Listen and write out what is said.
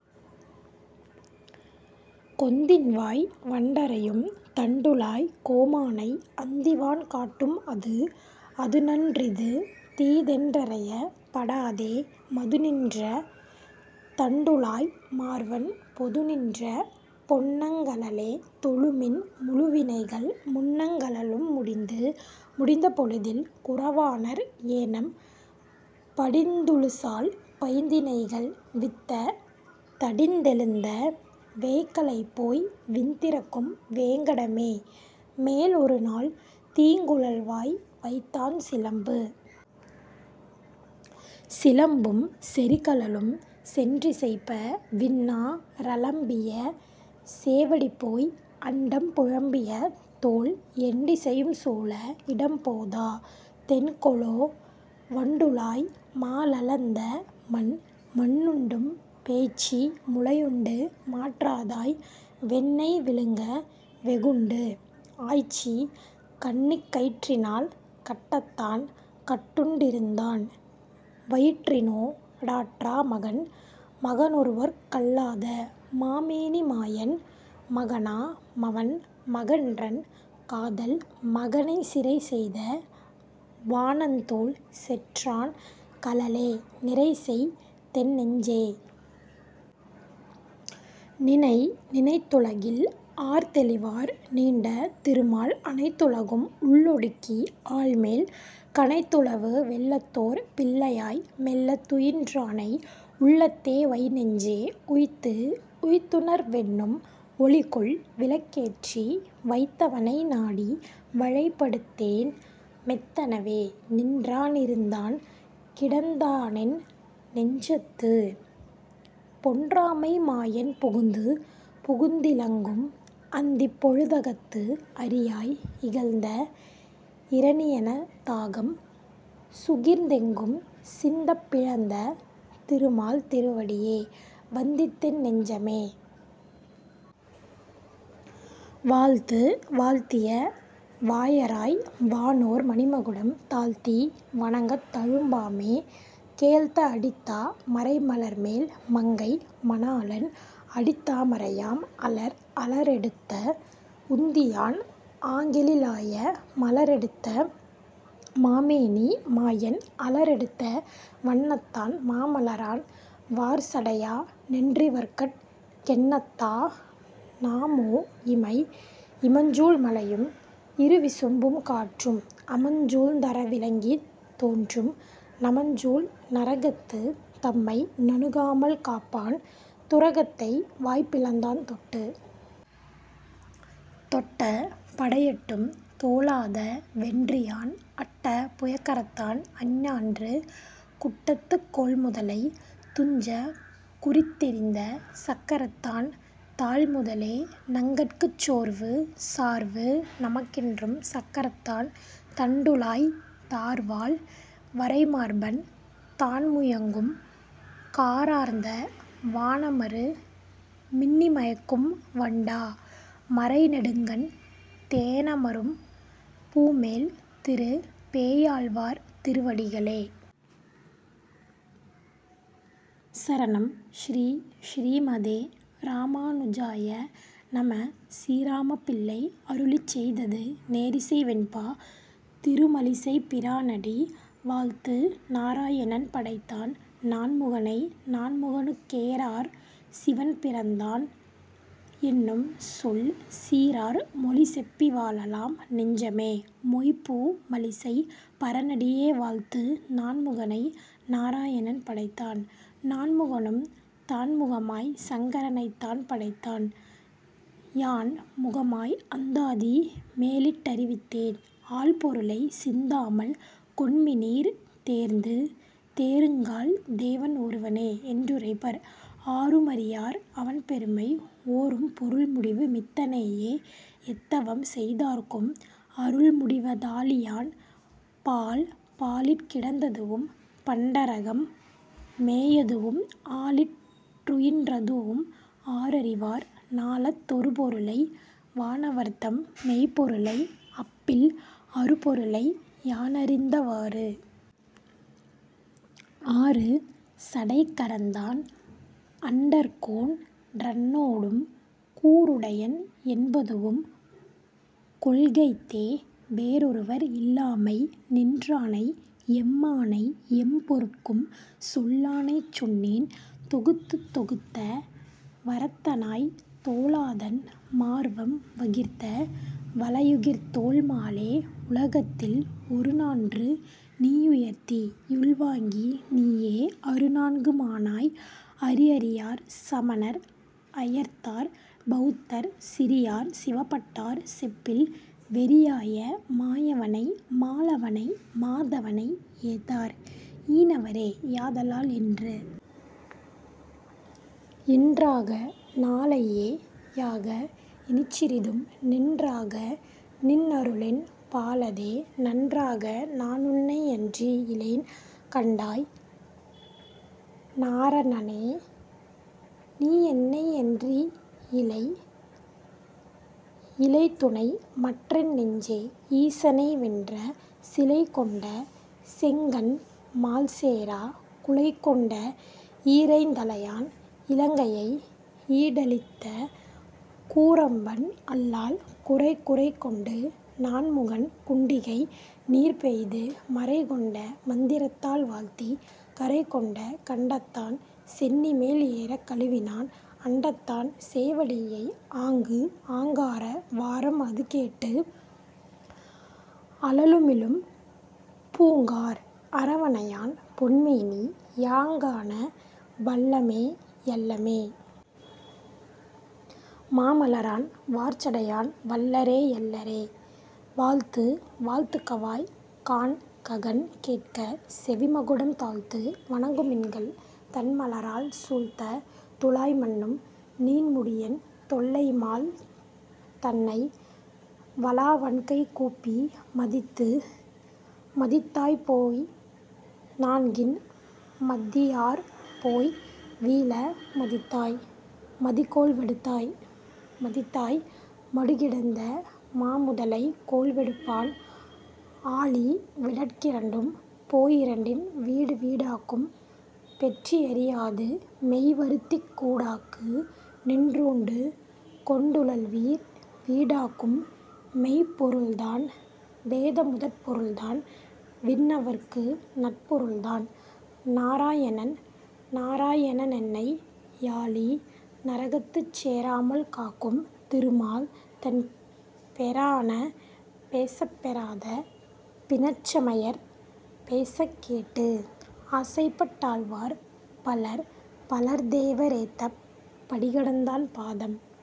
கொந்தின்வாய் வண்டறையும் தண்டுழாய்க் கோமானை, அந்திவான் காட்டும் அது. அதுநன் றிதுதீதென் றையப் படாதே, மதுநின்ற தண்டுழாய் மார்வன், பொதுநின்ற பொன்னங் கழலே தொழுமின், முழுவினைகள் முன்னங் கழலும் முடிந்து. முடிந்த பொழுதில் குறவாணர், ஏனம் படிந்துழுசால் பைந்தினைகள் வித்த, தடிந்தெழுந்த வேய்ங்கழைபோய் விண்திறக்கும் வேங்கடமே, மேலொருநாள் தீங்குழல்வாய் வைத்தான் சிலம்பு. சிலம்பும் செறிகழலும் சென்றிசைப்ப, விண்ணா றலம்பிய சேவடிபோய், அண்டம் புலம்பியதோள் எண்டிசையும் சூழ இடம்போதா தென்கொலோ, வண்டுழாய் மாலளந்த மண்? மண்ணுண்டும் பேய்ச்சி முலையுண்டு மாற்றாதாய், வெண்ணெய் விழுங்க வெகுண்டு, ஆய்ச்சி கண்ணிக் கயிற்றினால் கட்டத்தான் கட்டுண் டிருந்தான், வயிற்றினோ டாற்றா மகன். மகனொருவர்க் கல்லாத மாமேனி மாயன், மகனா மவன்மகன்றன் காதல் மகனை சிறைசெய்த வாணன்தோள் செற்றான் கழலே நிறைசெய்தென் நெஞ்சே. நினை. நினைத்துலகில் ஆர்தெளிவார் நீண்ட திருமால், அனைத்துலகும் உள்ளொடுக்கி ஆல்மேல், கனைத்துலவு வெள்ளத்தோர் பிள்ளையாய் மெள்ளத் துயின்றானை, உள்ளத்தே வைநெஞ்சே. உய்த்து. உய்த்துணர் வென்னும் ஒளிகொள் விளக்கேற்றி, வைத்தவனை நாடி வலைப்படுத்தேன், மெத்தெனவே நின்றா னிருந்தான் கிடந்தானென் னெஞ்சத்து, பொன்றாமை மாயன் புகுந்து. புகுந்திலங்கும் அந்திப் பொழுதகத்து, அரியாய் இகழ்ந்த இரணியன தாகம், சுகிர்ந்தெங்கும் சிந்தப் பிளந்த திருமால் திருவடியே வந்தித்தென் னெஞ்சமே. வாழ்த்து. வாழ்த்திய வாயராய் வானோர் மணிமகுடம் தாழ்த்தி வணங்கத் தழும்பாமே, கேழ்த்த அடித்தா மரைமலர்மேல் மங்கை மணாளன், அடித்தா மரையாம் அலர். அலரெடுத்த வுந்தியான் ஆங்கெழி லாய, மலரெடுத்த மாமேனி மாயன், அலரெடுத்த வண்ணத்தான் மாமலரான் வார்சடையா னென்றிவர்கட் கெண்ணத்தா னாமோ இமை? இமஞ்சூழ் மலையும் இருவிசும்பும் காற்றும், அமஞ்சூழ்ந் தறவிளங்கித் தோன்றும், நமஞ்சூழ் நரகத்து தம்மை நணுகாமல் காப்பான், துரகத்தை வாய்பிளந்தான் தொட்டு. தொட்ட படையெட்டும் தோலாத வென்றியான், அட்ட புயகரத்தான் அஞ்ஞான்று, குட்டத்துக் கோள்முதலை துஞ்சக் குறித்தெறிந்த சக்கரத்தான் தாள் முதலே நங்கட்குச் சோர்வு. சார்வு நமக்கென்றும் சக்கரத்தான், தாண்டுழாய்த் தார்வாழ் வரைமார்பன் தான்முயங்கும், காரார்ந்த வானமரு மின்னிமைக்கும் வண்டா மரைநெடுங்கண், தேனமரும் பூமேல் திரு. பேயாழ்வார் திருவடிகளே சரணம் ஸ்ரீ: ஸ்ரீமதே ராமானுஜாய நம: சீராமப்பிள்ளை அருளிச்செய்தது நேரிசை வெண்பா திருமழிசைப்பிரானடி வாழ்த்து நாரா யணன்படைத்தான் நான்முகனை, நான்முகனுக் கேரார் சிவன்பிறந்தான் என்னும்சொல் சீரார் மொழிசெப்பி வாழலாம் நெஞ்சமே, மொய்பூ மழிசைப் பரனடியே வாழ்த்து நான்முகனை நாரா யணன்படைத்தான், நான்முகனும் தான்முகமாய்ச் சங்கரனைத் தான்படைத்தான், யான் முகமாய் அந்தாதி மேலிட் டறிவித்தேன் ஆழ்பொருளை, சிந்தாமல் கொண்மினீர் தேர்ந்து தேருங்கால் தேவன் ஒருவனே, என்றுரைப்பர் ஆருமறியார் அவன்பெருமை, ஓரும் பொருள்முடிவு மித்தனையே எத்தவம்செய் தார்க்கும் அருள்முடிவ தாழியான் பால் பாலிற் கிடந்ததுவும் பண்டரகம் மேயதுவும், ஆலிற் றுயின்றதுவும் ஆரறிவார், ஞாலத் தொருபொருளை வானவர்தம் மெய்ப்பொருளை, அப்பில் அருபொருளை யானறிந்த வாறு? ஆறு சடைக்கரந்தான் அண்டர்கோன் றன்னோடும், கூறுடையன் என்பதுவும் கொள்கைத்தே, வேறொருவர் இல்லாமை நின்றானை எம்மானை, எப்பொருட்கும் சொல்லானைச் சொன்னேன் தொகுத்து தொகுத்த வரத்தனாய்த் தோலாதான் மார்வம், வகிர்த்த வளையுகிர்த்தோள் மாலே, உகத்தில் ஒருநான்று நீயுயர்த்தி யுள்வாங்கி நீயே, அருநான்கு மானாய் அறி அறியார் சமணர் அயர்த்தார் பவுத்தர், சிறியார் சிவப்பட்டார் செப்பில், வெறியாய மாயவனை மாலவனை மாதவனை ஏத்தார் ஈனவரே யாதலால் இன்று. இன்றாக நாளையே யாக, இனிச்சிறிதும் நின்றாக நின்னருளென் பாலதே, நன்றாக நானுன்னை யன்றி யிலேன்கண்டாய், நாரணனே நீயென்னை யன்றி யிலை இலைதுணைமற் றென்னெஞ்சே ஈசனை வென்ற சிலைகொண்ட செங்கண்மால் சேரா குலைகொண்ட ஈரைந் தலையான் இலங்கையை யீடழித்த கூரம்பன் அல்லால் குறை குறைகொண்டு நான்முகன் குண்டிகைநீர் பெய்து மறைகொண்ட மந்திரத்தால் வாழ்த்தி, கறைகொண்ட கண்டத்தான் சென்னிமேல் ஏறக் கழுவினான் அண்டத்தான் சேவடியை ஆங்கு ஆங்கார வாரம் அதுகேட்டு, அழலுமிழும் பூங்கார் அரவணையான் பொன்மேனி, யாங்காண வல்லமே யல்லமே? மாமலரான் வார்சடையான் வல்லரே யல்லரே? வாழ்த்து வாழ்த்துகவாய் காண்ககண் கேட்க செவிமகுடம் தாழ்த்து வணங்குமின்கள் தண்மலரால், சூழ்த்த துழாய்மன்னும் நீண்முடியென் தொல்லைமால் த்ன்னை வழாவண்கை கூப்பி மதித்து மதித்தாய்போய் நான்கின் மதியார்போய் வீழ மதித்தாய் மதிகோள் விடுத்தாய், மதித்தாய் மடுகிடந்த மாமுதலை கோள்விடுப்பான், ஆழி விடற்கிரண்டும் போயிரண்டின் வீடு வீடாக்கும் பெற்றி யறியாது மெய்வருத்திக் கூடாக்கு நின்றூண்டு கொண்டுழல்வீர், வீடாக்கும் மெய்ப்பொருள்தான் வேத முதற்ப்பொருள்தான், விண்ணவர்க்கு நற்பொருள்தான் நாரா யணன் நாரா யணனென்னை யாளி, நரகத்துச் சேராமல் காக்கும் திருமால்தன், பெரான பேசப் பெறாத பிணச்சமயர் பேசக்கேட்டு ஆசைப்பட் டாழ்வார் பலர் பலர்த்தேவ ரேத்தப் படிகடந்தான் பாதம்।